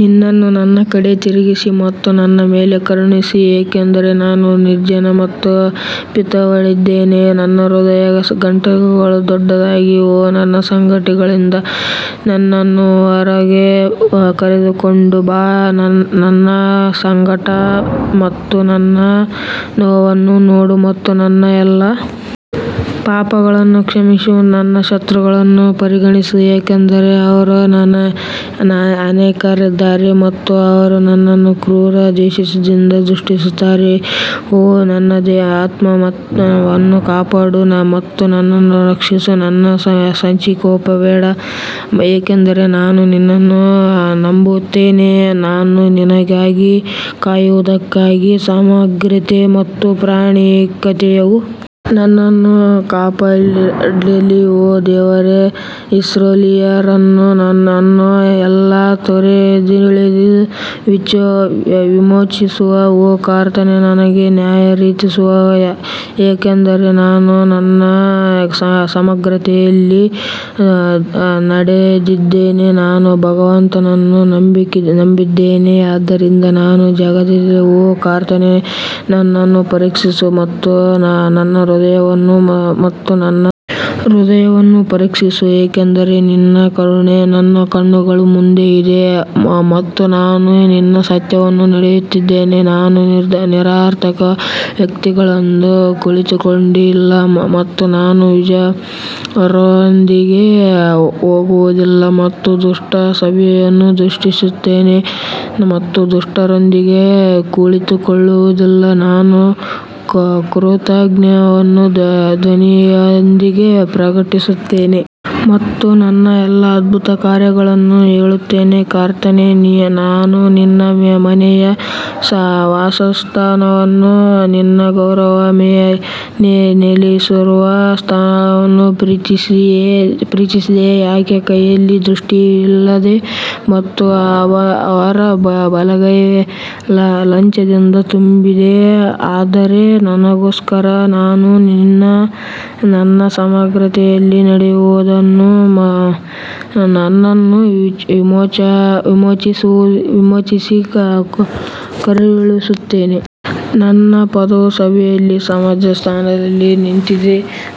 ನಿನ್ನನ್ನು ನನ್ನ ಕಡೆಗೆ ತಿರುಗಿಸಿ ಮತ್ತು ನನ್ನ ಮೇಲೆ ಕರುಣಿಸು, ಏಕೆಂದರೆ ನಾನು ನಿರ್ಜನ ಮತ್ತು ಪೀಡಿತನಾಗಿದ್ದೇನೆ ನನ್ನ ಹೃದಯದ ಸಂಕಟಗಳು ದೊಡ್ಡದಾಗಿದೆ ಓ ನನ್ನ ಸಂಕಟಗಳಿಂದ ನನ್ನನ್ನು ಹೊರಗೆ ಕರೆದುಕೊಂಡು ಬಾ ನನ್ನ ಸಂಕಟ ಮತ್ತು ನನ್ನ ನೋವನ್ನು ನೋಡಿ ಮತ್ತು ನನ್ನ ಎಲ್ಲಾ ಪಾಪಗಳನ್ನು ಕ್ಷಮಿಸಿ ನನ್ನ ಶತ್ರುಗಳನ್ನು ಪರಿಗಣಿಸಿ ಏಕೆಂದರೆ ಅವರು ಅನೇಕರಿದ್ದಾರೆ ಮತ್ತು ಅವರು ನನ್ನನ್ನು ಕ್ರೂರ ದ್ವೇಷದಿಂದ ದ್ವೇಷಿಸುತ್ತಾರೆ ಓ ನನ್ನ ಆತ್ಮವನ್ನು ಕಾಪಾಡಿ ಮತ್ತು ನನ್ನನ್ನು ರಕ್ಷಿಸು, ನಾನು ನಾಚಿಕೆಪಡಬೇಡ, ಏಕೆಂದರೆ ನಾನು ನಿನ್ನನ್ನು ನಂಬುತ್ತೇನೆ ನಾನು ನಿನಗಾಗಿ ಕಾಯುತ್ತಿರುವುದಕ್ಕಾಗಿ ಸಮಗ್ರತೆ ಮತ್ತು ಪ್ರಾಮಾಣಿಕತೆಯು ನನ್ನನ್ನು ಕಾಪಾಡಲಿ ಓ ದೇವರೇ ಇಸ್ರಾಯೇಲ್ಯರನ್ನು ಅವನ ಎಲ್ಲಾ ತೊಂದರೆಗಳಿಂದ ವಿಮೋಚಿಸು ಓ ಕರ್ತನೇ ನನಗೆ ನ್ಯಾಯತೀರಿಸು ಯಾಕಂದರೆ ನಾನು ನನ್ನ ಸಮಗ್ರತೆಯಲ್ಲಿ ನಡೆದಿದ್ದೇನೆ ನಾನು ಭಗವಂತನನ್ನು ನಂಬಿದ್ದೇನೆ ಆದ್ದರಿಂದ ನಾನು ಜಾರಿಕೊಳ್ಳುವುದಿಲ್ಲ ಓ ಕರ್ತನೇ ನನ್ನನ್ನು ಪರೀಕ್ಷಿಸು ಮತ್ತು ನನ್ನ ಹೃದಯವನ್ನು ಮತ್ತು ನನ್ನ ಹೃದಯವನ್ನು ಪರೀಕ್ಷಿಸು ಯಾಕಂದರೆ ನಿನ್ನ ಕರುಣೆಯು ನನ್ನ ಕಣ್ಣುಗಳ ಮುಂದೆ ಇದೆ ಮತ್ತು ನಾನು ನಿನ್ನ ಸತ್ಯದಲ್ಲಿ ನಡೆದಿದ್ದೇನೆ ನಾನು ನಿರರ್ಥಕ ವ್ಯಕ್ತಿಗಳೊಂದಿಗೆ ಕುಳಿತುಕೊಂಡಿಲ್ಲ ಮತ್ತು ನಾನು ವಿಭಜಕರೊಂದಿಗೆ ಹೋಗುವುದಿಲ್ಲ ನಾನು ದುಷ್ಟರ ಸಭೆಯನ್ನು ದ್ವೇಷಿಸಿದ್ದೇನೆ ಮತ್ತು ದುಷ್ಟರೊಂದಿಗೆ ಕುಳಿತುಕೊಳ್ಳುವುದಿಲ್ಲ ನಾನು ಕೃತಜ್ಞತೆಯ ಧ್ವನಿಯೊಂದಿಗೆ ಪ್ರಕಟಿಸುತ್ತೇನೆ ಮತ್ತು ನಿನ್ನ ಎಲ್ಲಾ ಅದ್ಭುತ ಕಾರ್ಯಗಳನ್ನು ಹೇಳುತ್ತೇನೆ ಕರ್ತನೇ ನಾನು ನಿನ್ನ ಮನೆಯ ವಾಸಸ್ಥಾನವನ್ನೂ ನಿನ್ನ ಗೌರವವು ನೆಲೆಸಿರುವ ಸ್ಥಳವನ್ನೂ ಪ್ರೀತಿಸಿದೆ ಯಾರ ಕೈಯಲ್ಲಿ ದುಷ್ಕೃತ್ಯವಿದೆ ಮತ್ತು ಅವರ ಬಲಗೈ ಲಂಚದಿಂದ ತುಂಬಿದೆ ಆದರೆ ನನಗೋಸ್ಕರ ನಾನು ನನ್ನ ಸಮಗ್ರತೆಯಲ್ಲಿ ನಡೆಯುವೆನು, ನನ್ನನ್ನು ವಿಮೋಚಿಸಿ ಕರುಣಿಸುತ್ತೇನೆ ನನ್ನ ಪಾದವು ಸಭೆಗಳಲ್ಲಿ ಸಮವಾದ ಸ್ಥಳದಲ್ಲಿ ನಿಂತಿದೆ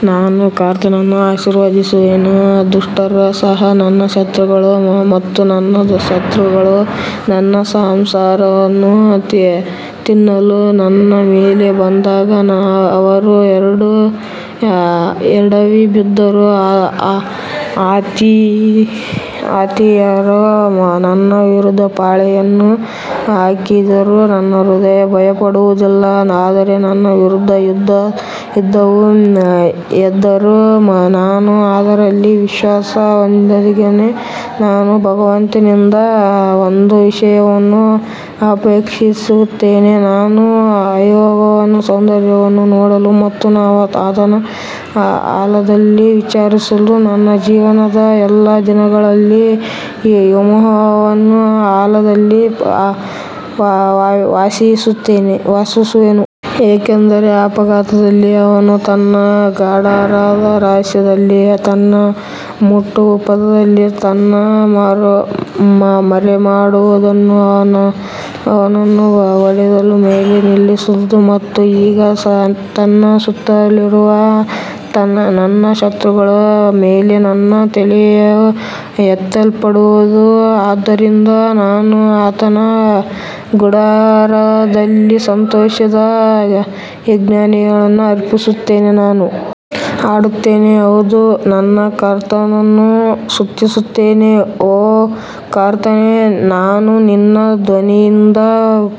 ನಾನು ಕರ್ತನನ್ನು ಆಶೀರ್ವದಿಸುವೆನು ದುಷ್ಟರು ಸಹ ನನ್ನ ಶತ್ರುಗಳು ಮತ್ತು ನನ್ನ ಶತ್ರುಗಳು ನನ್ನ ಮಾಂಸವನ್ನು ತಿನ್ನಲು ನನ್ನ ಮೇಲೆ ಬಂದಾಗ ಅವರು ಎಡವಿ ಬಿದ್ದರು ಆತಿಥೇಯರು ನನ್ನ ವಿರುದ್ಧ ಪಾಳೆಯವನ್ನು ಹಾಕಿದರೂ ನನ್ನ ಹೃದಯವು ಭಯಪಡುವುದಿಲ್ಲ, ಆದರೆ ನನ್ನ ವಿರುದ್ಧ ಯುದ್ಧವು ಎದ್ದರೂ ನಾನು ಅದರಲ್ಲಿ ವಿಶ್ವಾಸ ಹೊಂದಿದ್ದೇನೆ ನಾನು ಭಗವಂತನಿಂದ ಒಂದು ವಿಷಯವನ್ನು ಅಪೇಕ್ಷಿಸುತ್ತೇನೆ, ನಾನು ಯೆಹೋವನ ಸೌಂದರ್ಯವನ್ನು ನೋಡಲು ಮತ್ತು ಆತನ ಆಲಯದಲ್ಲಿ ವಿಚಾರಿಸಲು ನನ್ನ ಜೀವನದ ಎಲ್ಲಾ ದಿನಗಳಲ್ಲಿ ಯೆಹೋವನ ಆಲಯದಲ್ಲಿ ವಾಸಿಸುವೆನು. ಯಾಕಂದರೆ ಆಪತ್ಕಾಲದಲ್ಲಿ ಅವನು ತನ್ನ ಗುಡಾರದ ರಹಸ್ಯದಲ್ಲಿ ತನ್ನ ಮಂಟಪದಲ್ಲಿ ನನ್ನನ್ನು ಮರೆಮಾಡುವನು, ಅವನು ನನ್ನನ್ನು ಬಂಡೆಯ ಮೇಲೆ ನಿಲ್ಲಿಸುವನು ಮತ್ತು ಈಗ ನನ್ನ ಸುತ್ತಲಿರುವ ನನ್ನ ಶತ್ರುಗಳ ಮೇಲೆ ನನ್ನ ತಲೆಯು ಎತ್ತಲ್ಪಡುವದು ಆದ್ದರಿಂದ ನಾನು ಆತನ ಗುಡಾರದಲ್ಲಿ ಸಂತೋಷದ ಯಜ್ಞಗಳನ್ನು ಅರ್ಪಿಸುತ್ತೇನೆ ನಾನು ಹಾಡುತ್ತೇನೆ ಹೌದು ನಾನು ಕರ್ತನನ್ನು ಸ್ತುತಿಸುತ್ತೇನೆ ಓ ಕರ್ತನೇ ನಾನು ನನ್ನ ಧ್ವನಿಯಿಂದ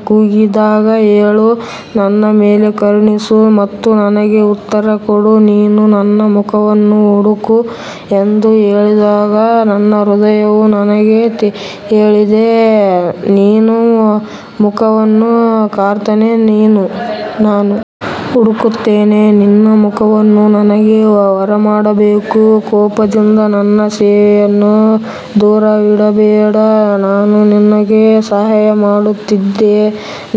ಕೂಗಿದಾಗ ಕೇಳು, ನನ್ನ ಮೇಲೆ ಕರುಣಿಸು ಮತ್ತು ನನಗೆ ಉತ್ತರ ಕೊಡು ನೀನು ನನ್ನ ಮುಖವನ್ನು ಹುಡುಕು ಎಂದು ಹೇಳಿದಾಗ ನನ್ನ ಹೃದಯವು ನಿನಗೆ ಹೇಳಿದೆ ನಿನ್ನ ಮುಖವನ್ನು ಕರ್ತನೇ ನಾನು ಹುಡುಕುತ್ತೇನೆ ನಿನ್ನ ಮುಖವನ್ನು ನನಗೆ ಮರೆಮಾಡಬೇಡ ಕೋಪದಿಂದ ನಿನ್ನ ಸೇವಕನನ್ನು ದೂರವಿಡಬೇಡ, ನೀನು ನನಗೆ ಸಹಾಯ ಮಾಡಿದ್ದೀ,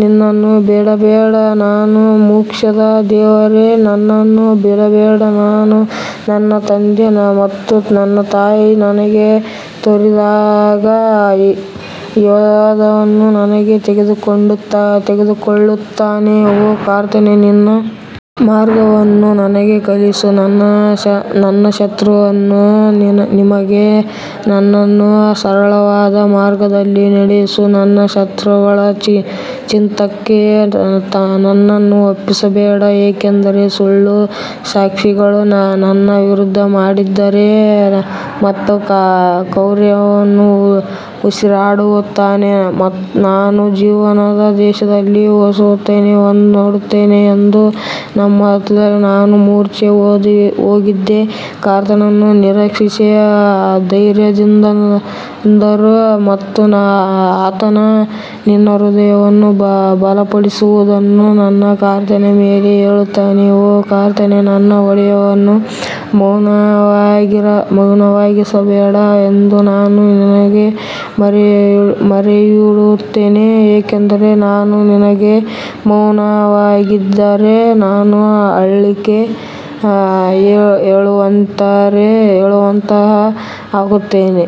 ನನ್ನನ್ನು ಬಿಡಬೇಡ, ನನ್ನ ಮೋಕ್ಷದ ದೇವರೇ, ನನ್ನನ್ನು ಬಿಡಬೇಡ ನನ್ನ ತಂದೆ ಮತ್ತು ನನ್ನ ತಾಯಿ ನನ್ನನ್ನು ತೊರೆದಾಗ ಯೆಹೋವನು ನನ್ನನ್ನು ತೆಗೆದುಕೊಳ್ಳುತ್ತಾನೆ ಓ ಕರ್ತನೇ ನಿನ್ನ ಮಾರ್ಗವನ್ನು ನನಗೆ ಕಲಿಸು ಮತ್ತು ನನ್ನ ಶತ್ರುಗಳ ನಿಮಿತ್ತ ನನ್ನನ್ನು ಸರಳವಾದ ಮಾರ್ಗದಲ್ಲಿ ನಡೆಸು ನನ್ನ ಶತ್ರುಗಳ ಚಿತ್ತಕ್ಕೆ ನನ್ನನ್ನು ಒಪ್ಪಿಸಬೇಡಿ ಏಕೆಂದರೆ ಸುಳ್ಳು ಸಾಕ್ಷಿಗಳು ನನ್ನ ವಿರುದ್ಧ ಎದ್ದಿದ್ದಾರೆ ಮತ್ತು ಕ್ರೌರ್ಯವನ್ನು ಉಸಿರಾಡುತ್ತಾರೆ ನಾನು ಜೀವಂತರ ದೇಶದಲ್ಲಿ ಯೆಹೋವನ ಒಳ್ಳೆಯತನವನ್ನು ನೋಡುತ್ತೇನೆ ಎಂದು ನಂಬದಿದ್ದರೆ ನಾನು ಮೂರ್ಛೆ ಹೋಗಿದ್ದೆ ಕರ್ತನನ್ನು ನಿರೀಕ್ಷಿಸಿ ಧೈರ್ಯದಿಂದಿರು ಮತ್ತು ಆತನು ನಿನ್ನ ಹೃದಯವನ್ನು ಬಲಪಡಿಸುವನು, ನಾನು ಕರ್ತನ ಮೇಲೆ ಹೇಳುತ್ತೇನೆ ಓ ಕರ್ತನೇ ನನ್ನ ಬಂಡೆಯನ್ನು ಮೌನವಾಗಿರಿಸಬೇಡ ಎಂದು ನಾನು ನಿನಗೆ ಮೊರೆಯಿಡುತ್ತೇನೆ, ಏಕೆಂದರೆ ನೀನು ನನಗೆ ಮೌನವಾಗಿದ್ದರೆ ನಾನು ಹಳ್ಳಕ್ಕೆ ಇಳಿಯುವವರಂತೆ ಆಗುತ್ತೇನೆ.